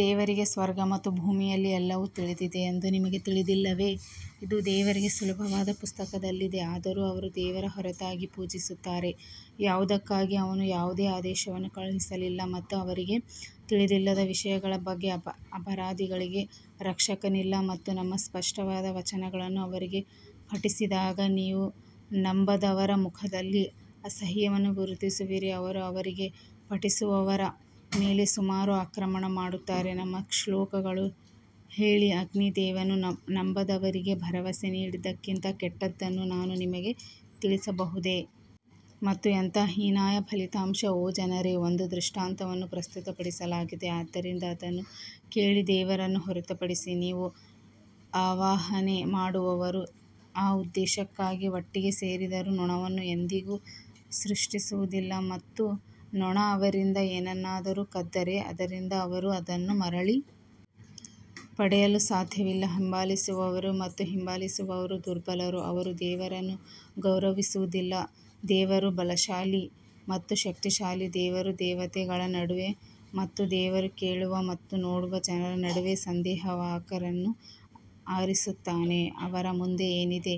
ದೇವರಿಗೆ ಸ್ವರ್ಗ ಮತ್ತು ಭೂಮಿಯಲ್ಲಿ ಎಲ್ಲವೂ ತಿಳಿದಿದೆ ಎಂದು ನಿಮಗೆ ತಿಳಿದಿಲ್ಲವೇ, ಇದು ದೇವರಿಗೆ ಸುಲಭವಾದ ಪುಸ್ತಕದಲ್ಲಿದೆ ಆದರೂ ಅವರು ದೇವರ ಹೊರತಾಗಿ ಪೂಜಿಸುತ್ತಾರೆ, ಯಾವುದಕ್ಕಾಗಿ ಅವನು ಯಾವುದೇ ಆದೇಶವನ್ನು ಕಳುಹಿಸಲಿಲ್ಲ ಮತ್ತು ಅವರಿಗೆ ತಿಳಿದಿಲ್ಲದ ವಿಷಯಗಳ ಬಗ್ಗೆ ಅಪರಾಧಿಗಳಿಗೆ ರಕ್ಷಕನಿಲ್ಲ. ಮತ್ತು ನಮ್ಮ ಸ್ಪಷ್ಟವಾದ ವಚನಗಳನ್ನು ಅವರಿಗೆ ಪಠಿಸಿದಾಗ ನೀವು ನಂಬದವರ ಮುಖದಲ್ಲಿ ಅಸಹ್ಯವನ್ನು ಗುರುತಿಸುವಿರಿ, ಅವರು ಅವರಿಗೆ ಪಠಿಸುವವರ ಮೇಲೆ ಸುಮಾರು ಆಕ್ರಮಣ ಮಾಡುತ್ತಾರೆ ನಮ್ಮ ಶ್ಲೋಕಗಳು ಹೇಳಿ, ಅಗ್ನಿದೇವನು ನಂಬದವರಿಗೆ ಭರವಸೆ ನೀಡಿದ್ದಕ್ಕಿಂತ ಕೆಟ್ಟದ್ದನ್ನು ನಾನು ನಿಮಗೆ ತಿಳಿಸಬಹುದೇ? ಮತ್ತು ಎಂತಹ ಹೀನಾಯ ಫಲಿತಾಂಶ ಓ ಜನರೇ ಒಂದು ದೃಷ್ಟಾಂತವನ್ನು ಪ್ರಸ್ತುತಪಡಿಸಲಾಗಿದೆ ಆದ್ದರಿಂದ ಅದನ್ನು ಕೇಳಿ ದೇವರನ್ನು ಹೊರತುಪಡಿಸಿ ನೀವು ಆವಾಹನೆ ಮಾಡುವವರು ಆ ಉದ್ದೇಶಕ್ಕಾಗಿ ಒಟ್ಟಿಗೆ ಸೇರಿದರೂ ನೊಣವನ್ನು ಎಂದಿಗೂ ಸೃಷ್ಟಿಸುವುದಿಲ್ಲ ಮತ್ತು ನೊಣ ಅವರಿಂದ ಏನನ್ನಾದರೂ ಕದ್ದರೆ ಅದರಿಂದ ಅವರು ಅದನ್ನು ಮರಳಿ ಪಡೆಯಲು ಸಾಧ್ಯವಿಲ್ಲ ಹಿಂಬಾಲಿಸುವವರು ಮತ್ತು ಹಿಂಬಾಲಿಸುವವರು ದುರ್ಬಲರು ಅವರು ದೇವರನ್ನು ಗೌರವಿಸುವುದಿಲ್ಲ, ದೇವರು ಬಲಶಾಲಿ ಮತ್ತು ಶಕ್ತಿಶಾಲಿ ದೇವರು ದೇವತೆಗಳ ನಡುವೆ ಮತ್ತು ದೇವರು ಕೇಳುವ ಮತ್ತು ನೋಡುವ ಜನರ ನಡುವೆ ಸಂದೇಶವಾಹಕರನ್ನು ಆರಿಸುತ್ತಾನೆ ಅವರ ಮುಂದೆ ಏನಿದೆ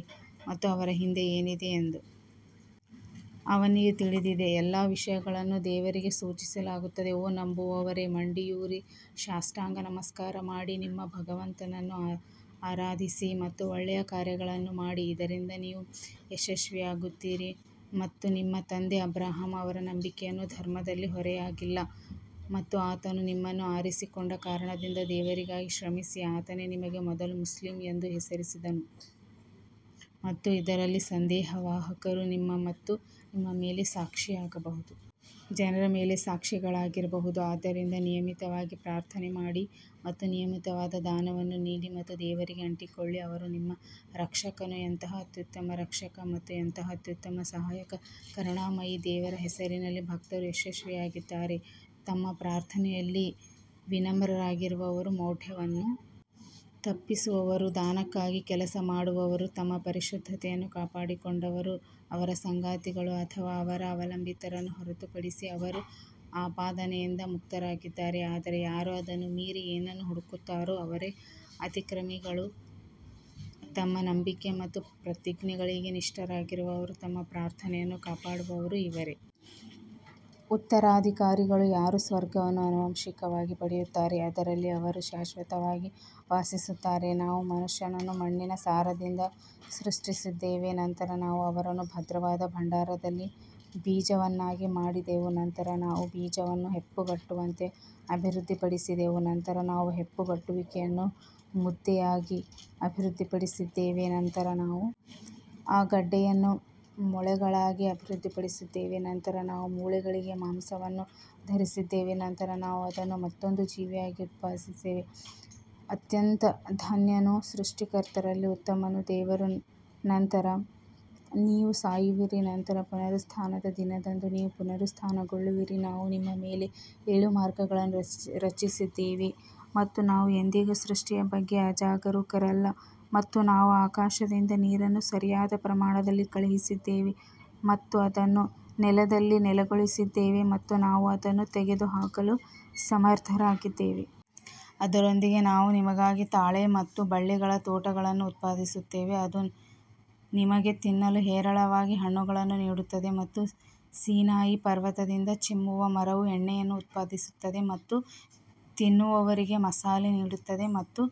ಮತ್ತು ಅವರ ಹಿಂದೆ ಏನಿದೆ ಎಂದು ಅವನಿಗೆ ತಿಳಿದಿದೆ, ಎಲ್ಲಾ ವಿಷಯಗಳನ್ನು ದೇವರಿಗೆ ಸೂಚಿಸಲಾಗುತ್ತದೆ ಓ ನಂಬುವವರೇ ಮಂಡಿಯೂರಿ ಸಾಷ್ಟಾಂಗ ನಮಸ್ಕಾರ ಮಾಡಿ ನಿಮ್ಮ ಭಗವಂತನನ್ನು ಆರಾಧಿಸಿ ಮತ್ತು ಒಳ್ಳೆಯ ಕಾರ್ಯಗಳನ್ನು ಮಾಡಿ ಇದರಿಂದ ನೀವು ಯಶಸ್ವಿಯಾಗುತ್ತೀರಿ ಮತ್ತು ನಿಮ್ಮ ತಂದೆ ಅಬ್ರಹಾಂ ಅವರ ನಂಬಿಕೆಯನ್ನು ಧರ್ಮದಲ್ಲಿ ಹೊರೆಯಾಗಿಲ್ಲ ಮತ್ತು ಆತನು ನಿಮ್ಮನ್ನು ಆರಿಸಿಕೊಂಡ ಕಾರಣದಿಂದ ದೇವರಿಗಾಗಿ ಶ್ರಮಿಸಿ, ಆತನೇ ನಿಮಗೆ ಮೊದಲು ಮುಸ್ಲಿಂ ಎಂದು ಹೆಸರಿಸಿದನು ಮತ್ತು ಇದರಲ್ಲಿ ಸಂದೇಶವಾಹಕರು ನಿಮ್ಮ ಮತ್ತು ನಿಮ್ಮ ಮೇಲೆ ಸಾಕ್ಷಿಯಾಗಬಹುದು. ಜನರ ಮೇಲೆ ಸಾಕ್ಷಿಗಳಾಗಿರಬಹುದು ಆದ್ದರಿಂದ ನಿಯಮಿತವಾಗಿ ಪ್ರಾರ್ಥನೆ ಮಾಡಿ ಮತ್ತು ನಿಯಮಿತವಾದ ದಾನವನ್ನು ನೀಡಿ ಮತ್ತು ದೇವರಿಗೆ ಅಂಟಿಕೊಳ್ಳಿ ಅವನು ನಿಮ್ಮ ರಕ್ಷಕನು ಎಂತಹ ಅತ್ಯುತ್ತಮ ರಕ್ಷಕ ಮತ್ತು ಎಂತಹ ಅತ್ಯುತ್ತಮ ಸಹಾಯಕ ಕರುಣಾಮಯಿ ದೇವರ ಹೆಸರಿನಲ್ಲಿ ಭಕ್ತರು ಯಶಸ್ವಿಯಾಗಿದ್ದಾರೆ ತಮ್ಮ ಪ್ರಾರ್ಥನೆಯಲ್ಲಿ ವಿನಮ್ರರಾಗಿರುವವರು ಮೌಢ್ಯವನ್ನು ತಪ್ಪಿಸುವವರು ದಾನಕ್ಕಾಗಿ ಕೆಲಸ ಮಾಡುವವರು ತಮ್ಮ ಪರಿಶುದ್ಧತೆಯನ್ನು ಕಾಪಾಡಿಕೊಂಡವರು ಅವರ ಸಂಗಾತಿಗಳು ಅಥವಾ ಅವರ ಅವಲಂಬಿತರನ್ನು ಹೊರತುಪಡಿಸಿ ಅವರು ಆಪಾದನೆಯಿಂದ ಮುಕ್ತರಾಗಿದ್ದಾರೆ ಆದರೆ ಯಾರು ಅದನ್ನು ಮೀರಿ ಏನನ್ನು ಹುಡುಕುತ್ತಾರೋ ಅವರೇ ಅತಿಕ್ರಮಿಗಳು ತಮ್ಮ ನಂಬಿಕೆ ಮತ್ತು ಪ್ರತಿಜ್ಞೆಗಳಿಗೆ ನಿಷ್ಠರಾಗಿರುವವರು ತಮ್ಮ ಪ್ರಾರ್ಥನೆಯನ್ನು ಕಾಪಾಡುವವರು ಇವರೇ ಉತ್ತರಾಧಿಕಾರಿಗಳು ಯಾರು ಸ್ವರ್ಗವನ್ನು ಆನುವಂಶಿಕವಾಗಿ ಪಡೆಯುತ್ತಾರೆ, ಅದರಲ್ಲಿ ಅವರು ಶಾಶ್ವತವಾಗಿ ವಾಸಿಸುತ್ತಾರೆ ನಾವು ಮನುಷ್ಯನನ್ನು ಮಣ್ಣಿನ ಸಾರದಿಂದ ಸೃಷ್ಟಿಸಿದ್ದೇವೆ ನಂತರ ನಾವು ಅವನನ್ನು ಭದ್ರವಾದ ಭಂಡಾರದಲ್ಲಿ ಬೀಜವನ್ನಾಗಿ ಮಾಡಿದೆವು ನಂತರ ನಾವು ಬೀಜವನ್ನು ಹೆಪ್ಪುಗಟ್ಟುವಂತೆ ಅಭಿವೃದ್ಧಿಪಡಿಸಿದೆವು ನಂತರ ನಾವು ಹೆಪ್ಪುಗಟ್ಟುವಿಕೆಯನ್ನು ಮುದ್ದೆಯಾಗಿ ಅಭಿವೃದ್ಧಿಪಡಿಸಿದ್ದೇವೆ ನಂತರ ನಾವು ಆ ಗಡ್ಡೆಯನ್ನು ಮೂಳೆಗಳಾಗಿ ಅಭಿವೃದ್ಧಿಪಡಿಸಿದ್ದೇವೆ ನಂತರ ನಾವು ಮೂಳೆಗಳಿಗೆ ಮಾಂಸವನ್ನು ಧರಿಸಿದ್ದೇವೆ ನಂತರ ನಾವು ಅದನ್ನು ಮತ್ತೊಂದು ಜೀವಿಯಾಗಿ ಉತ್ಪಾದಿಸಿದ್ದೇವೆ ಅತ್ಯಂತ ಧನ್ಯನು ಸೃಷ್ಟಿಕರ್ತರಲ್ಲಿ ಉತ್ತಮನು ದೇವರು ನಂತರ ನೀವು ಸಾಯುವಿರಿ ನಂತರ ಪುನರುತ್ಥಾನದ ದಿನದಂದು ನೀವು ಪುನರುತ್ಥಾನಗೊಳ್ಳುವಿರಿ ನಾವು ನಿಮ್ಮ ಮೇಲೆ ಏಳು ಮಾರ್ಗಗಳನ್ನು ರಚಿಸಿದ್ದೇವೆ ಮತ್ತು ನಾವು ಎಂದಿಗೂ ಸೃಷ್ಟಿಯ ಬಗ್ಗೆ ಅಜಾಗರೂಕರಲ್ಲ ಮತ್ತು ನಾವು ಆಕಾಶದಿಂದ ನೀರನ್ನು ಸರಿಯಾದ ಪ್ರಮಾಣದಲ್ಲಿ ಕಳುಹಿಸಿದ್ದೇವೆ ಮತ್ತು ಅದನ್ನು ನೆಲದಲ್ಲಿ ನೆಲೆಗೊಳಿಸಿದ್ದೇವೆ ಮತ್ತು ನಾವು ಅದನ್ನು ತೆಗೆದುಹಾಕಲು ಸಮರ್ಥರಾಗಿದ್ದೇವೆ. ಅದರೊಂದಿಗೆ ನಾವು ನಿಮಗಾಗಿ ತಾಳೆ ಮತ್ತು ಬಳ್ಳಿಗಳ ತೋಟಗಳನ್ನು ಉತ್ಪಾದಿಸುತ್ತೇವೆ ಅದು ನಿಮಗೆ ತಿನ್ನಲು ಹೇರಳವಾಗಿ ಹಣ್ಣುಗಳನ್ನು ನೀಡುತ್ತದೆ ಮತ್ತು ಸೀನಾಯಿ ಪರ್ವತದಿಂದ ಚಿಮ್ಮುವ ಮರವು ಎಣ್ಣೆಯನ್ನು ಉತ್ಪಾದಿಸುತ್ತದೆ ಮತ್ತು ತಿನ್ನುವವರಿಗೆ ಮಸಾಲೆ ನೀಡುತ್ತದೆ ಮತ್ತು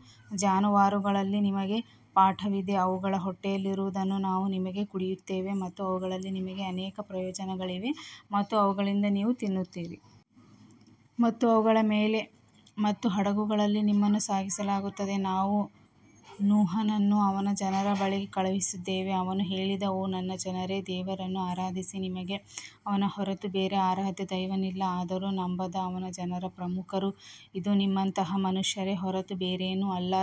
ಜಾನುವಾರುಗಳಲ್ಲಿ ನಿಮಗೆ ಪಾಠವಿದೆ, ಅವುಗಳ ಹೊಟ್ಟೆಯಲ್ಲಿರುವುದನ್ನು ನಾವು ನಿಮಗೆ ಕುಡಿಯುತ್ತೇವೆ ಮತ್ತು ಅವುಗಳಲ್ಲಿ ನಿಮಗೆ ಅನೇಕ ಪ್ರಯೋಜನಗಳಿವೆ ಮತ್ತು ಅವುಗಳಿಂದ ನೀವು ತಿನ್ನುತ್ತೀರಿ. ಮತ್ತು ಅವುಗಳ ಮೇಲೆ ಮತ್ತು ಹಡಗುಗಳಲ್ಲಿ ನಿಮ್ಮನ್ನು ಸಾಗಿಸಲಾಗುತ್ತದೆ ನಾವು ನೋಹನನ್ನು ಅವನ ಜನರ ಬಳಿಗೆ ಕಳುಹಿಸಿದ್ದೇವೆ ಅವನು ಹೇಳಿದ ಓ ನನ್ನ ಜನರೇ ದೇವರನ್ನು ಆರಾಧಿಸಿ ನಿಮಗೆ ಅವನ ಹೊರತು ಬೇರೆ ಆರಾಧ್ಯ ದೈವವಿಲ್ಲ ಆದರೆ ನಂಬದ ಅವನ ಜನರ ಪ್ರಮುಖರು, ಇದು ನಿಮ್ಮಂತಹ ಮನುಷ್ಯನೇ ಹೊರತು ಬೇರೇನೂ ಅಲ್ಲ,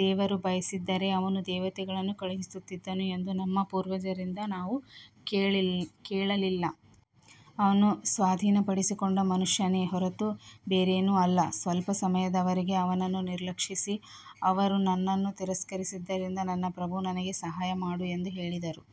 ದೇವರು ಬಯಸಿದ್ದರೆ ಅವನು ದೇವತೆಗಳನ್ನು ಕಳುಹಿಸುತ್ತಿದ್ದನು ಎಂದು ನಮ್ಮ ಪೂರ್ವಜರಿಂದ ನಾವು ಕೇಳಲಿಲ್ಲ. ಅವನು ಸ್ವಾಧೀನಪಡಿಸಿಕೊಂಡ ಮನುಷ್ಯನೇ ಹೊರತು ಬೇರೇನೂ ಅಲ್ಲ, ಸ್ವಲ್ಪ ಸಮಯದವರೆಗೆ ಅವನನ್ನು ನಿರ್ಲಕ್ಷಿಸಿ ಅವರು ನನ್ನನ್ನು ತಿರಸ್ಕರಿಸಿದ್ದರಿಂದ ನನ್ನ ಪ್ರಭು ನನಗೆ ಸಹಾಯ ಮಾಡು ಎಂದು ಹೇಳಿದರು.